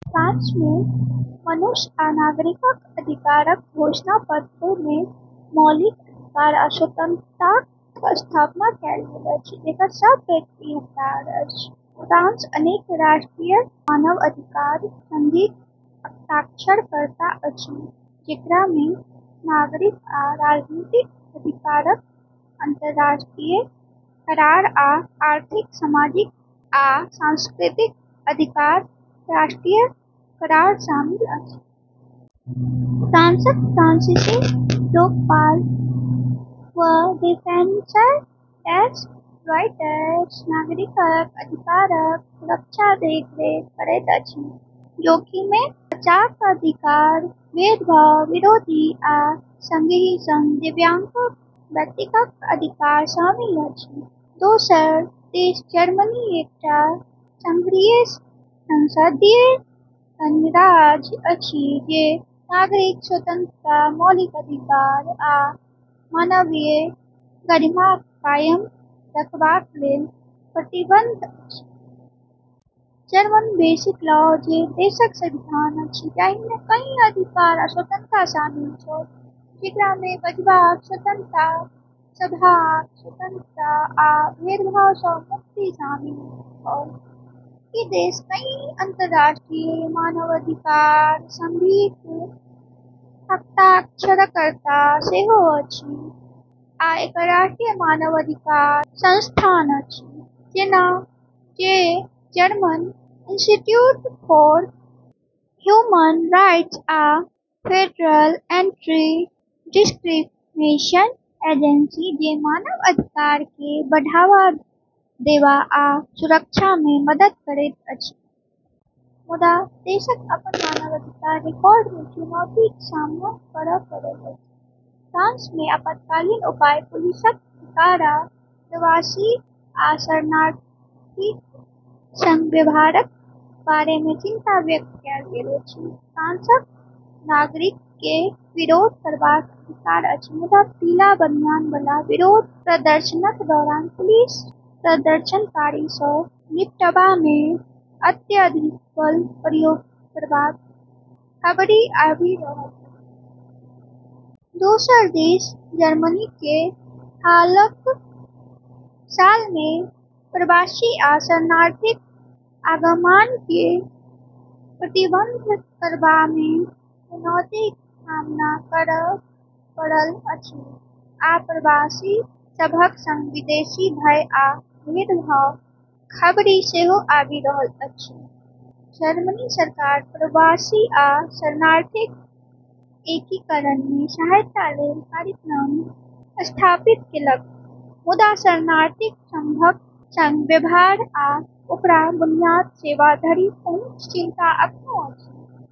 फ्रांसमे मनुष्य आ नागरिकक अधिकारक घोषणापत्रमे मौलिक अधिकार आ स्वतंत्रताक स्थापना कएल गेल अछि जेकर सभ व्यक्ति हकदार अछि। फ्रांस अनेक अंतर्राष्ट्रीय मानवाधिकार संधिक हस्ताक्षरकर्ता अछि, जेकरामे नागरिक आ राजनीतिक अधिकारक अंतर्राष्ट्रीय करार आ आर्थिक, सामाजिक आ सांस्कृतिक अधिकारक अंतर्राष्ट्रीय करार शामिल अछि। फ्रांसक फ्रांसीसी लोकपाल वा डिफेन्सर डेस ड्रॉइट्स नागरिकक अधिकारक सुरक्षाक देखरेख करैत अछि, जाहिमे बच्चाक अधिकार, भेदभाव विरोधी, आ संगहि संग दिव्यांग व्यक्तिक अधिकार शामिल अछि। दोसर दिस जर्मनी एकटा संघीय संसदीय गणराज्य अछि जे नागरिक स्वतंत्रता, मौलिक अधिकार, आ मानवीय गरिमाकेँ कायम रखबा लेल प्रतिबद्ध अछि। जर्मन बेसिक लॉ, जे देशक संविधान अछि, जाहिमे कई अधिकार आ स्वतंत्रता शामिल छल, जेकरामे बाजबाक स्वतंत्रता, सभाक स्वतंत्रता, आ भेदभाव सँ मुक्ति शामिल छल। ई देश कई अंतर्राष्ट्रीय मानवाधिकार संधिक हस्ताक्षरकर्ता सेहो अछि, आ एकर राष्ट्रीय मानव अधिकार संस्थान अछि, जेना जे German institute for human rights आ फेडरल एंटी-डिस्क्रिमिनेशन एजेंसी, जे मानव अधिकारकेँ बढ़ावा देबा आ सुरक्षामे मदद करैत अछि। मुदा दुनू देशकेँ अपन मानवाधिकार रिकॉर्डमे चुनौतीक सामना करब पड़ल अछि। फ्रांसमे आपातकालीन उपाय, पुलिसक अधिकार, आ प्रवासी आ शरणार्थीक संग व्यवहारक बारेमे चिंता व्यक्त कएल गेल अछि। फ्रांसक नागरिककेँ विरोध करबाक अधिकार अछि, मुदा पीला बनियान बला विरोध प्रदर्शनक दौरान पुलिस प्रदर्शनकारी सँ निपटबामे अत्यधिक बल प्रयोग करबाक खबरि आबि रहल अछि। दोसर दिस जर्मनीकेँ हालक सालमे प्रवासी आ शरणार्थीक आवागमनकेँ प्रबंधित करबामे चुनौतीक सामना करब पड़ल अछि, आ प्रवासी सभक संग विदेशी भय आ भेदभावक खबरि सेहो आबि रहल अछि। जर्मनी सरकार प्रवासी आ शरणार्थीक एकीकरणमे सहायता लेल कार्यक्रम स्थापित केलक, मुदा शरणार्थी सभक संग व्यवहार आ ओकरा बुनियादी सेवा धरि पहुँचक चिंता अखनो अछि।